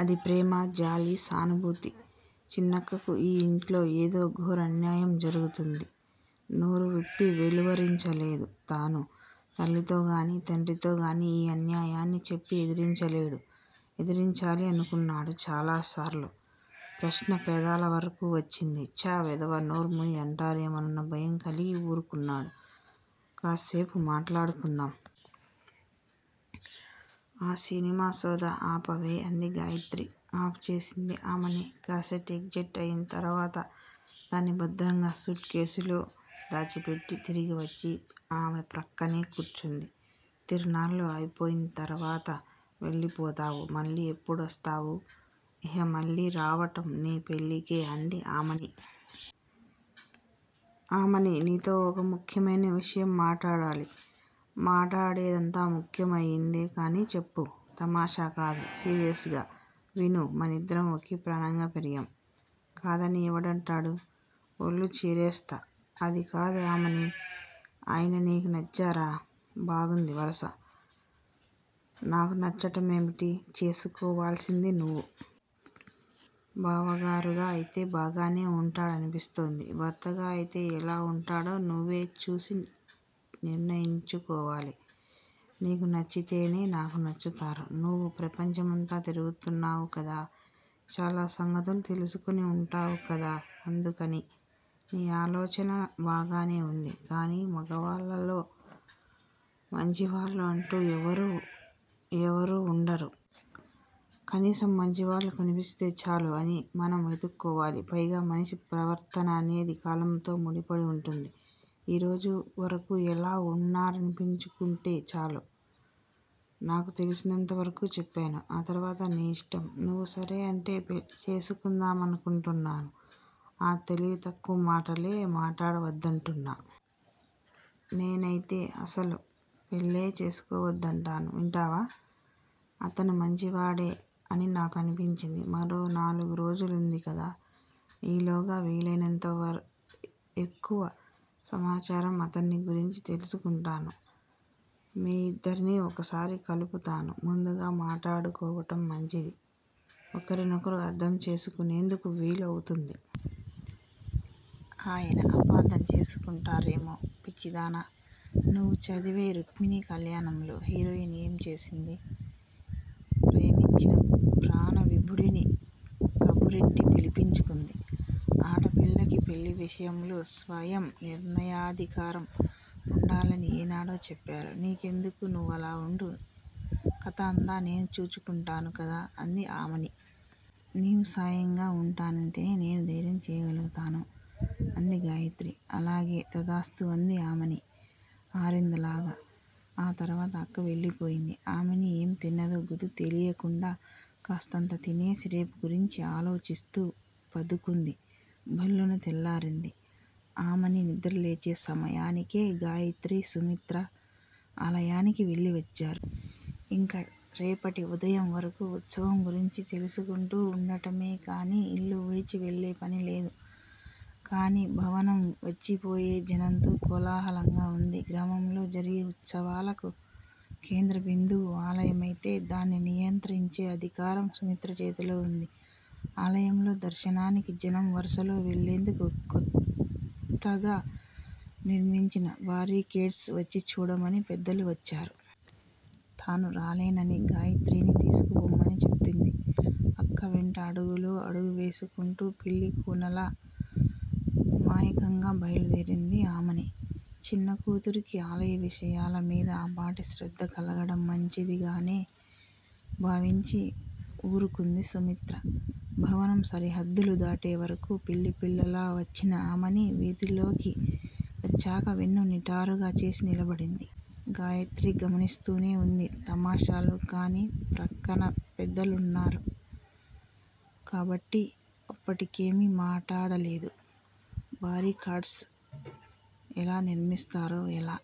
అది ప్రేమ, జాలి, సానుభూతి చిన్నక్కకు ఈ ఇంట్లో ఏదో ఘోరాన్యాయం జరుగుతుంది. నోరువిప్పి వెలువరించలేదు. తాను తల్లితోగానీ, తండ్రితోగానీ ఈ అన్యాయాన్ని చెప్పి ఎదిరించలేడు. ఎదిరించాలి అనుకున్నాడు చాలాసార్లు. ప్రశ్న పెదాలవరకూ వచ్చింది. ఛా! వెధవా, నోర్ముయ్ అంటారేమోనన్న భయంకలిగి ఊరుకున్నాడు. కాస్సేపు మాట్లాడుకుందాం. ఆ సినిమా సొద ఆపవే! అంది గాయత్రి. ఆఫ్ చేసింది ఆమని. కాసట్ ఎజెక్ట్ అయిం తరువాత దాన్ని భద్రంగా సూట్ కేస్ లో దాచిపెట్టి తిరిగి వచ్చి ఆమె ప్రక్కనే కూర్చుంది. తిరునాళ్ళు అయిపోయిం తరువాత వెళ్ళిపోతావు. మళ్ళీ ఎప్పుడొస్తావు? ఇహ మళ్ళీ రావటం నీ పెళ్ళికే అంది ఆమని. ఆమనీ! నీతో ఒక ముఖ్యమయిన విషయం మాటాడాలి! మాటాడేదంతా ముఖ్యమయిందే కాని చెప్పు! తమాషా కాదు. సీరియస్ గా విను! మనిద్దరం ఒకే ప్రాణంగా పెరిగాం. కాదని ఎవడంటాడు. ఒళ్ళు చీరేస్తా! అదికాదు ఆమనీ! ఆయన నీకు నచ్చారా? బాగుంది వరుస! నాకు నచ్చటమేమిటి? చేసుకోవాల్సింది నువ్వు! బావగారుగా అయితే బాగానే ఉంటాడనిపిస్తోంది. భర్తగా అయితే ఎలా వుంటాడో నువ్వే చూచి నిర్ణయించుకోవాలి. నీకు నచ్చితే నాకూ నచ్చుతారు. నువ్వు ప్రపంచమంతా తిరుగుతున్నావు కదా! చాలా సంగతులు తెలుసుకుని ఉంటావు కదా అందుకని! నీ ఆలోచన బాగానే ఉంది కాని మగవాళ్ళలో మంచివాళ్ళు అంటూ ఎవరూ ఎవరూ ఉండరు. కనీసం మంచివాళ్ళు కనిపిస్తే చాలు అని మనం వెతుక్కోవాలి. పైగా మనిషి ప్రవర్తన అనేది కాలంతో ముడిపడి వుంటుంది. ఈరోజు వరకు ఎలా ఉన్నారనిపించుకుంటే చాలు?! నాకు తెలిసినంత వరకు చెప్పాను. ఆ తర్వాత నీ యిష్టం. నువ్వు సరే అంటే చేసుకుందామనుకుంటున్నాను. ఆ తెలివి తక్కువ మాటలే మాటాడ వద్దంటున్నా! నేనయితే అసలు పెళ్ళే చేసుకోవద్దంటాను వింటావా! అతను మంచివాడే అని నాకు అనిపించింది. మరో నాలుగు రోజులుంది కదా! ఈలోగా వీలయినంత ఎక్కువ సమాచారం అతన్ని గురించి తెలుసుకుంటాను. మీ ఇద్దరిని ఒకసారి కలుపుతాను. ముందుగా మాటాడుకోవటం మంచిది. ఒకరి నొకరు అర్ధం చేసుకునేందుకు వీలు అవుతుంది. ఆయన అపార్ధం చేసుకుంటారేమో! పిచ్చిదానా! నువ్వు చదివే రుక్మిణీ కళ్యాణంలో హీరోయిన్ ఏమి చేసింది. ప్రేమించిన ప్రాణవిభుడిని కబురెట్టి పిలిపించుకుంది. ఆడపిల్లకి పెళ్ళి విషయంలో స్వయం నిర్ణయాధికారం ఉండాలని ఏనాడో చెప్పారు. నీకెందుకు నువ్వలా ఉండు. కధ అంతా నేను చూచుకుంటాను కదా? అంది ఆమని. నీవు సాయంగా ఉంటానంటేనే నేను ధైర్యం చేయగలుగుతాను అంది గాయత్రి. అలాగే తధాస్తు అంది ఆమని ఆరిందలాగ! ఆ తరువాత అక్క వెళ్ళిపోయింది. ఆమని ఏం తిన్నదో గుర్తు తెలియకుండా కాస్తంత తినేసి రేపు గురించి ఆలోచిస్తూ పదుకుంది! భళ్ళున తెల్లవారింది! ఆమని నిద్రలేచే సమయానికే గాయత్రి, సుమిత్ర ఆలయానికి వెళ్ళివచ్చారు. ఇంక రేపటి ఉదయం వరకూ ఉత్సవం గురించి తెలుసుకుంటూ ఉండటమేకాని ఇల్లు విడిచి వెళ్ళే పనిలేదు. కాని భవనం వచ్చిపోయే జనంతో కోలాహలంగా ఉంది. గ్రామంలో జరిగే ఉత్సవాలకు కేంద్ర బిందువు ఆలయమైతే దాన్ని నియంత్రించే అధికారం సుమిత్ర చేతిలో ఉంది! ఆలయంలో దర్శనానికి జనం వరుసలో వెళ్ళేందుకు క్రొత్తగా నిర్మించిన బారికేడ్స్ వచ్చి చూడమని పెద్దలు వచ్చారు. తాను రాలేనని గాయత్రిని తీసుకుపొమ్మని చెప్పింది! అక్క వెంట అడుగులో అడుగువేసుకుంటూ పిల్లికూనలా అమాయకంగా బయలుదేరింది ఆమని! చిన్న కూతురికి ఆలయ విషయాల మీద ఆపాటి శ్రద్ధ కలగడం మంచిదిగానే భావించి ఊరుకుంది సుమిత్ర. భవనం సరిహద్దులు దాటే వరకూ పిల్లిపిల్లలా వచ్చిన ఆమని వీధిలోకి వచ్చాక వెన్ను నిటారుగా చేసి నిలబడింది. గాయత్రి గమనిస్తూనే ఉంది తమాషాలు. కాని ప్రక్కన పెద్దలున్నారు కాబట్టి అప్పటికేమీ మాటాడలేదు. బారికాడ్స్ ఎలా నిర్మిస్తారో ఎలా